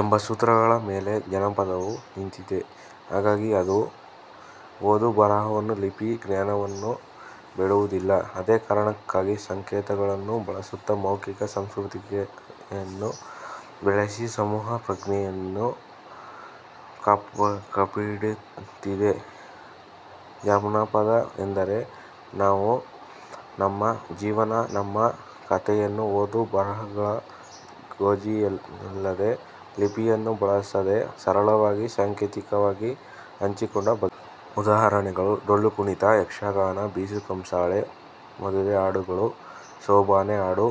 ಎಂಬ ಸೂತ್ರಗಳ ಮೇಲೆ ಜನಪದವು ನಿಂತಿದೆ. ಹಾಗಾಗಿ ಅದು ಓದು-ಬರಹವನ್ನು, ಲಿಪಿ ಜ್ಞಾನವನ್ನು ಬೇಡುವುದಿಲ್ಲ. ಅದೇ ಕಾರಣಕ್ಕಾಗಿ ಸಂಕೇತಗಳನ್ನು ಬಳಸುತ್ತಾ ಮೌಖಿಕ ಸಂಸ್ಕೃತಿಯನ್ನು ಬೆಳೆಸಿ ಸಮೂಹ ಪ್ರಜ್ಞೆಯನ್ನು ಕಾಪಿಡುತ್ತದೆ. ಜನಪದ ಎಂದರೆ ನಾವು, ನಮ್ಮ ಜೀವನ ನಮ್ಮ ಕತೆಯನ್ನ ಓದು ಬರಹಗಳ ಗೋಜಿಲ್ಲದೆ ಲಿಪಿಯನ್ನ ಬಳಸದೆ ಸರಳವಾಗಿ ಸಾಂಕೇತಿಕವಾಗಿ ಹಂಚಿಕೊಂಡ ಬಗೆಗಳು. ಉದಾಹರಣೆಗಳು: ಡೊಳ್ಳು ಕುಣಿತ, ಯಕ್ಷಗಾನ, ಬೀಸುಕಂಸಾಳೆ, ಮದುವೆಹಾಡುಗಳು, ಸೋಬಾನೆಹಾಡು,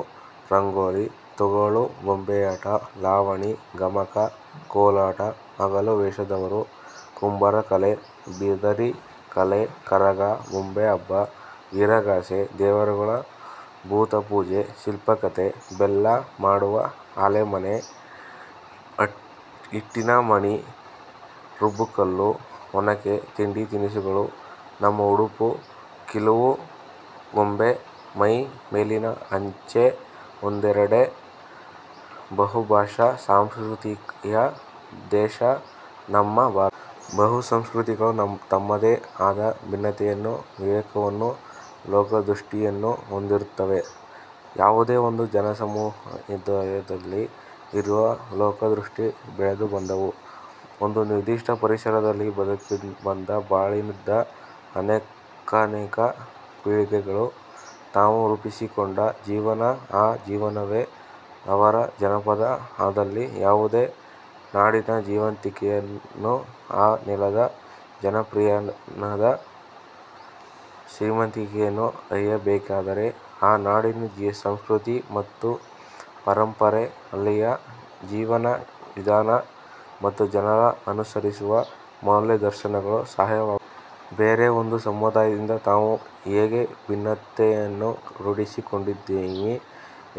ರಂಗೋಲಿ, ತೊಗಲು ಬೊಂಬೆಯಾಟ, ಲಾವಣಿ, ಗಮಕ, ಕೋಲಾಟ, ಹಗಲು ವೇಷದವರು, ಕುಂಬಾರ ಕಲೆ, ಬಿದರಿ ಕಲೆ, ಕರಗ, ಬೊಂಬೆಹಬ್ಬ, ವೀರಗಾಸೆ, ದೇವರುಗಳು, ಭೂತ ಪೂಜೆ, ಶಿಲ್ಪಕಲೆ, ಬೆಲ್ಲ ಮಾಡುವ ಆಲೆಮನೆ, ಹಿಟ್ಟಿನ ಮಣೆ, ರುಬ್ಬುಕಲ್ಲು, ಒನಕೆ, ತಿಂಡಿ-ತಿನಿಸುಗಳು, ನಮ್ಮ ಉಡುಪು, ಕೀಲು ಗೊಂಬೆ, ಮೈ ಮೇಲಿನ ಹಚ್ಚೆ ಒಂದೇ ಎರಡೇ ಬಹುಭಾಷಾ ಸಂಸ್ಕೃತಿಯ ದೇಶ ನಮ್ಮ ಭಾರತ. ಬಹುಸಂಸ್ಕೃತಿಗಳು ತಮ್ಮದೇ ಆದ ಭಿನ್ನತೆಯನ್ನು ವಿವೇಕವನ್ನು, ಲೋಕದೃಷ್ಟಿಯನ್ನು ಹೊಂದಿರುತ್ತವೆ. ಯಾವುದೇ ಒಂದು ಜನಸಮುದಾಯದಲ್ಲಿ ಇರುವ ಲೋಕದೃಷ್ಟಿ ಬೆಳೆದು ಬಂದದ್ದು ಒಂದು ನಿರ್ದಿಷ್ಟ ಪರಿಸರದಲ್ಲಿ ಬದುಕಿಬಂದ ಬಾಳಿದ ಅನೇಕಾನೇಕ ಪೀಳಿಗೆಗಳು ತಾವು ರೂಪಿಸಿಕೊಂಡ ಜೀವನ. ಆ ಜೀವನವೇ ಅವರ ಜನಪದ. ಅದಲ್ಲದೆ ಯಾವುದೇ ನಾಡಿನ ಜೀವಂತಿಕೆಯನ್ನು ಆ ನೆಲದ ಜನಜೀವನದ ಶ್ರೀಮಂತಿಕೆಯನ್ನು ಅರಿಯಬೇಕೆಂದರೆ ಆ ನಾಡಿನ ಸಂಸ್ಕೃತಿ ಮತ್ತು ಪರಂಪರೆ ಅಲ್ಲಿಯ ಜೀವನ ವಿಧಾನ ಮತ್ತು ಜನರು ಅನುಸರಿಸುವ ಮೌಲ್ಯಾದರ್ಶಗಳು ಸಹಾಯವಾಗುತ್ತವೆ. ಬೇರೆ ಒಂದು ಸಮುದಾಯದಿಂದ ತಾವು ಹೇಗೆ ಭಿನ್ನತೆಯನ್ನು ರೂಡಿಸಿಕೊಂಡಿದ್ದೀವಿ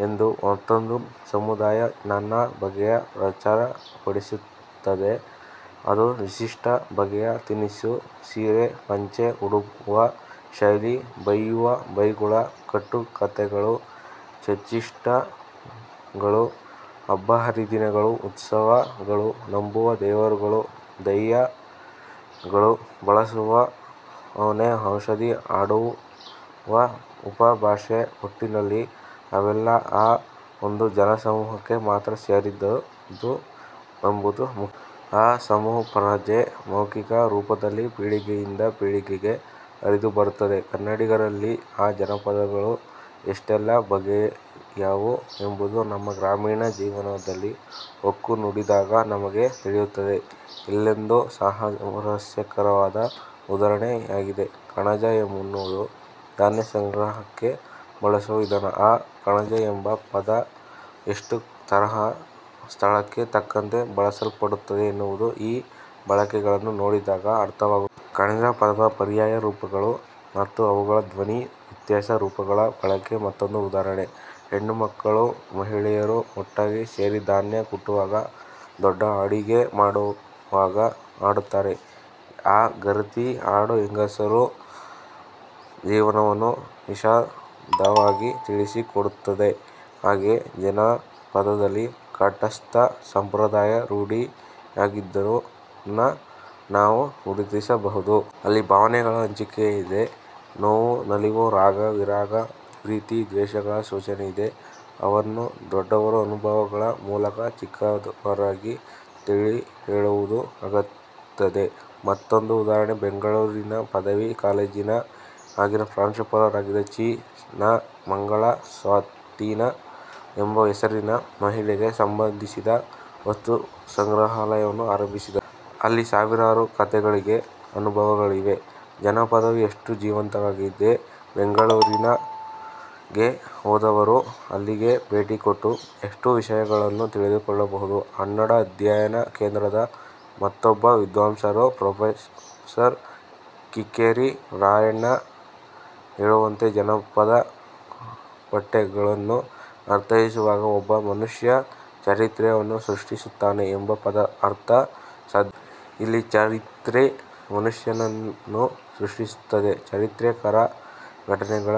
ಎಂದು ಮತ್ತೊಂದು ಸಮುದಾಯ ನಾನಾ ಬಗೆಯಲ್ಲಿ ಪ್ರಚುರಪಡಿಸುತ್ತದೆ. ಅದು ವಿಶಿಷ್ಟ ಬಗೆಯ ತಿನಿಸು ಸೀರೆ ಪಂಚೆ ಉಡುವ ಶೈಲಿ, ಬೈಯುವ ಬೈಗಳು, ಕಟ್ಟುಕಥೆಗಳು, ಚೇಷ್ಟೆಗಳು, ಹಬ್ಬಹರಿದಿನಗಳು, ಉತ್ಸವಗಳು ನಂಬುವ ದೇವರುಗಳು, ದೆಯ್ಯಗಳು, ಬಳಸುವ ಮನೆ ಔಷಧಿ ಆಡುವ ಉಪಭಾಷೆ ಒಟ್ಟಿನಲ್ಲಿ ಅವೆಲ್ಲಾ ಆ ಒಂದು ಜನಸಮೂಹಕ್ಕೆ ಮಾತ್ರ ಸೇರಿದ್ದು ಎಂಬುದು ಮುಖ್ಯ. ಆ ಸಮೂಹಪ್ರಜ್ಞೆ ಮೌಖಿಕ ರೂಪದಲ್ಲಿ ಪೀಳಿಗೆಯಿಂದ ಪೀಳಿಗೆಗೆ ಹರಿದುಬರುತ್ತದೆ. ಕನ್ನಡಿಗರಲ್ಲಿ ಆ ಜನಪದಗಳು ಎಷ್ಟೆಲ್ಲಾ ಬಗೆಯವು ಎಂಬುದು ನಮ್ಮ ಗ್ರಾಮೀಣ ಜೀವನದಲ್ಲಿ ಹೊಕ್ಕು ನೋಡಿದಾಗ ನಮಗೆ ತಿಳಿಯುತ್ತದೆ. ಇಲ್ಲೊಂದು ಸ್ವಾರಸ್ಯಕರವಾದ ಉದಾಹಾರಣೆಯಿದೆ. ಕಣಜ ಎನ್ನುವುದು ಧಾನ್ಯ ಸಂಗ್ರಹಕ್ಕೆ ಬಳಸುವ ವಿಧಾನ. ಆ ಕಣಜ ಎಂಬ ಪದ ಎಷ್ಟು ತರಹ, ಸ್ಥಳಕ್ಕೆ ತಕ್ಕಂತೆ ಬಳಸಲ್ಪಡುತ್ತದೆ ಎನ್ನುವುದು ಈ ಬಳಕೆಗಳನ್ನು ನೋಡಿದಾಗ ಅರ್ಥವಾಗುತ್ತದೆ. ಕಣಜ ಪದದ ಪರ್ಯಾಯ ರೂಪಗಳು ಮತ್ತು ಅವುಗಳ ಧ್ವನಿ ವ್ಯತ್ಯಾಸ ರೂಪಗಳ ಬಳಕೆ ಮತ್ತೊಂದು ಉದಾಹರಣೆ ಹೆಣ್ಣುಮಕ್ಕಳು, ಮಹಿಳೆಯರು ಒಟ್ಟಾಗಿ ಸೇರಿ ಧಾನ್ಯ ಕುಟ್ಟುವಾಗ, ದೊಡ್ಡ ಅಡಿಗೆ ಮಾಡುವಾಗ ಹಾಡುತ್ತಾರೆ. ಆ 'ಗರತಿ ಹಾಡು' ಹೆಂಗಸರ ಜೀವನವನ್ನು ವಿಶದವಾಗಿ ತಿಳಿಸಿಕೊಡುತ್ತದೆ. ಹಾಗೆ ಜಾನಪದದಲ್ಲಿ ಕಂಠಸ್ಥ ಸಂಪ್ರದಾಯ ರೂಢಿಯಾಗಿದ್ದನ್ನ ನಾವು ಗುರುತಿಸಬಹುದು. ಅಲ್ಲಿ ಭಾವನೆಗಳ ಹಂಚಿಕೆಯಿದೆ. ನೋವು, ನಲಿವು, ರಾಗ, ವಿರಾಗ, ಪ್ರೀತಿ, ದ್ವೇಷಗಳ ಸೂಚನೆಯಿದೆ. ಅವನ್ನು ದೊಡ್ಡವರು ಅನುಭವಗಳ ಮೂಲಕ ಚಿಕ್ಕವರಿಗೆ ತಿಳಿಹೇಳುವುದು ಆಗುತ್ತದೆ. ಮತ್ತೊಂದು ಉದಾಹರಣೆ. ಬೆಂಗಳೂರಿನ ಪದವಿ ಕಾಲೇಜಿನ ಆಗಿನ ಪ್ರಾಂಶುಪಾಲರಾಗಿದ್ದ ಚಿ. ನ. ಮಂಗಳ 'ಶಾಶ್ವತಿ' ಎಂಬ ಹೆಸರಿನಲ್ಲಿ ಮಹಿಳೆಗೆ ಸಂಬಂಧಿಸಿದ ವಸ್ತುಸಂಗ್ರಹಾಲಯವನ್ನು ಆರಂಭಿಸಿದರು. ಅಲ್ಲಿ ಸಾವಿರಾರು ಕತೆಗಳಿಗೆ, ಅನುಭವಗಳಿವೆ. ಜಾನಪದವು ಎಷ್ಟು ಜೀವಂತವಾಗಿದೆ! ಬೆಂಗಳೂರಿಗೆ ಹೋದವರು ಅಲ್ಲಿಗೆ ಭೇಟಿ ಕೊಟ್ಟು ಎಷ್ಟೋ ವಿಷಯಗಳನ್ನು ತಿಳಿದುಕೊಳ್ಳಬಹುದು. ಕನ್ನಡ ಅಧ್ಯಯನ ಕೇಂದ್ರದ ಮತ್ತೊಬ್ಬ ವಿದ್ವಾಂಸರಾದ ಪ್ರೊ. ಕಿಕ್ಕೇರಿ ನಾರಾಯಣ ಹೇಳುವಂತೆ ಜನಪದ ಪಠ್ಯಗಳನ್ನು ಅರ್ಥೈಸುವಾಗ ಒಬ್ಬ ಮನುಷ್ಯ ಚರಿತ್ರಯನ್ನು ಸೃಷ್ಟಿಸುತ್ತಾನೆ ಎಂಬ ಅರ್ಥ ಸಾಧ್ಯವಿಲ್ಲ. ಇಲ್ಲಿ ಚರಿತ್ರೆ ಮನುಷ್ಯನನ್ನು ಸೃಷ್ಟಿಸುತ್ತದೆ. ಚರಿತ್ರೆಕಾರ ಘಟನೆಗಳ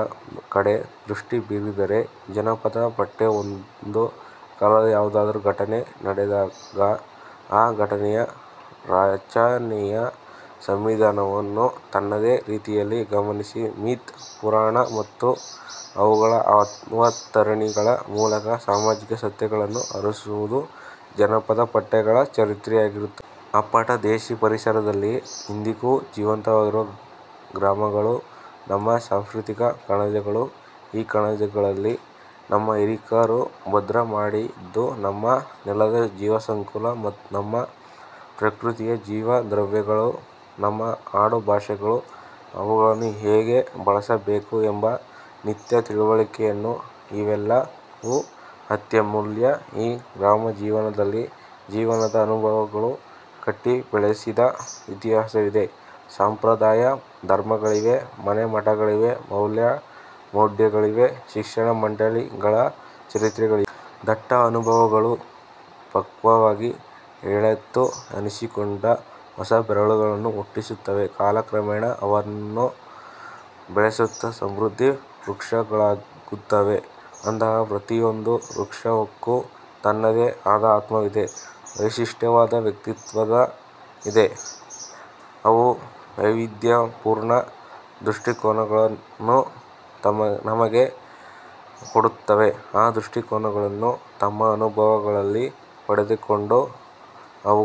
ಕಡೆ ದೃಷ್ಟಿ ಬೀರಿದರೆ ಜಾನಪದ ಪಠ್ಯ ಒಂದು ಕಾಲದ ಯಾವುದಾದರೂ ಘಟನೆ ನಡೆಗಾಗ ಆ ಘಟನೆಯ ರಾಚನೀಯ ಸಂವಿಧಾನವನ್ನು ತನ್ನದೇ ರೀತಿಯಲ್ಲಿ ಗಮನಿಸಿ ಮಿಥ್ ಪುರಾಣ ಮತ್ತು ಅವುಗಳ ಅವತರಣಿಗಳ ಮೂಲಕ ಸಾಮಾಜಿಕ ಸತ್ಯಗಳನ್ನು ಆರುಸುವುದು ಜಾನಪದ ಪಠ್ಯಗಳ ಚರಿತ್ರೆಯಾಗಿರುತ್ತದೆ. ಅಪ್ಪಟ ದೇಸಿ ಪರಿಸರದಲ್ಲಿ ಇಂದಿಗೂ ಜೀವಂತವಾಗಿರುವ ಗ್ರಾಮಗಳು ನಮ್ಮ ಸಾಂಸ್ಕೃತಿಕ ಕಣಜಗಳು. ಈ ಕಣಜಗಳಲ್ಲಿ ನಮ್ಮ ಹಿರೀಕರು ಭದ್ರ ಮಾಡಿದ್ದು ನಮ್ಮ ನೆಲದ ಜೀವಸಂಕುಲ, ನಮ್ಮ ಪ್ರಕೃತಿಯ ಜೀವದ್ರವ್ಯಗಳು, ನಮ್ಮ ಆಡು ಭಾಷೆಗಳು, ಅವುಗಳನ್ನು ಹೇಗೆ ಬಳಸಬೇಕು ಎಂಬ ನಿತ್ಯ ತಿಳುವಳಿಕೆಯನ್ನು. ಇವೆಲ್ಲವೂ ಅತ್ಯಮೂಲ್ಯ. ಈ ಗ್ರಾಮಜೀವನದಲ್ಲಿ ಜೀವನದ ಅನುಭಗಳು ಕಟ್ಟಿ ಬೆಳೆಸಿದ ಇತಿಹಾಸವಿದೆ, ಸಂಪ್ರದಾಯ-ಧರ್ಮಗಳಿವೆ, ಮನೆ-ಮಠಗಳಿವೆ, ಮೌಲ್ಯ-ಮೌಢ್ಯಗಳಿವೆ, ಶಿಕ್ಷಣ-ಆಡಳಿತಗಳ ಚರಿತ್ರೆಗಳಿವೆ. ದಟ್ಟ ಅನುಭವಗಳು ಪಕ್ವವಾಗಿ ಹಳೆತು ಅನಿಸಿಕೊಂಡು ಹೊಸ ಬೇರುಗಳನ್ನು ಹುಟ್ಟಿಸುತ್ತವೆ. ಕಾಲ ಕ್ರಮೇಣ ಅವನ್ನು ಬೆಳೆಸುತ್ತಾ ಸಮೃದ್ಧಿ ವೃಕ್ಷಗಳಾಗುತ್ತವೆ. ಅಂತಹ ಪ್ರತಿಯೊಂದೂ ವೃಕ್ಷಕ್ಕೂ ತನ್ನದೇ ಆದ ಆತ್ಮವಿದೆ, ವಿಶಿಷ್ಟವಾದ ವ್ಯಕ್ತಿತ್ವವಿದೆ. ಅವು ವೈವಿಧ್ಯಪೂರ್ಣ ದೃಷ್ಟಿಕೋನಗಳನ್ನ ನಮಗೆ ಕೊಡುತ್ತವೆ. ಆ ದೃಷ್ಟಿಕೋನಗಳನ್ನು ತಮ್ಮ ಅನುಭವಗಳಲ್ಲಿ ಪಡೆದುಕೊಂಡು, ಅವುಗಳ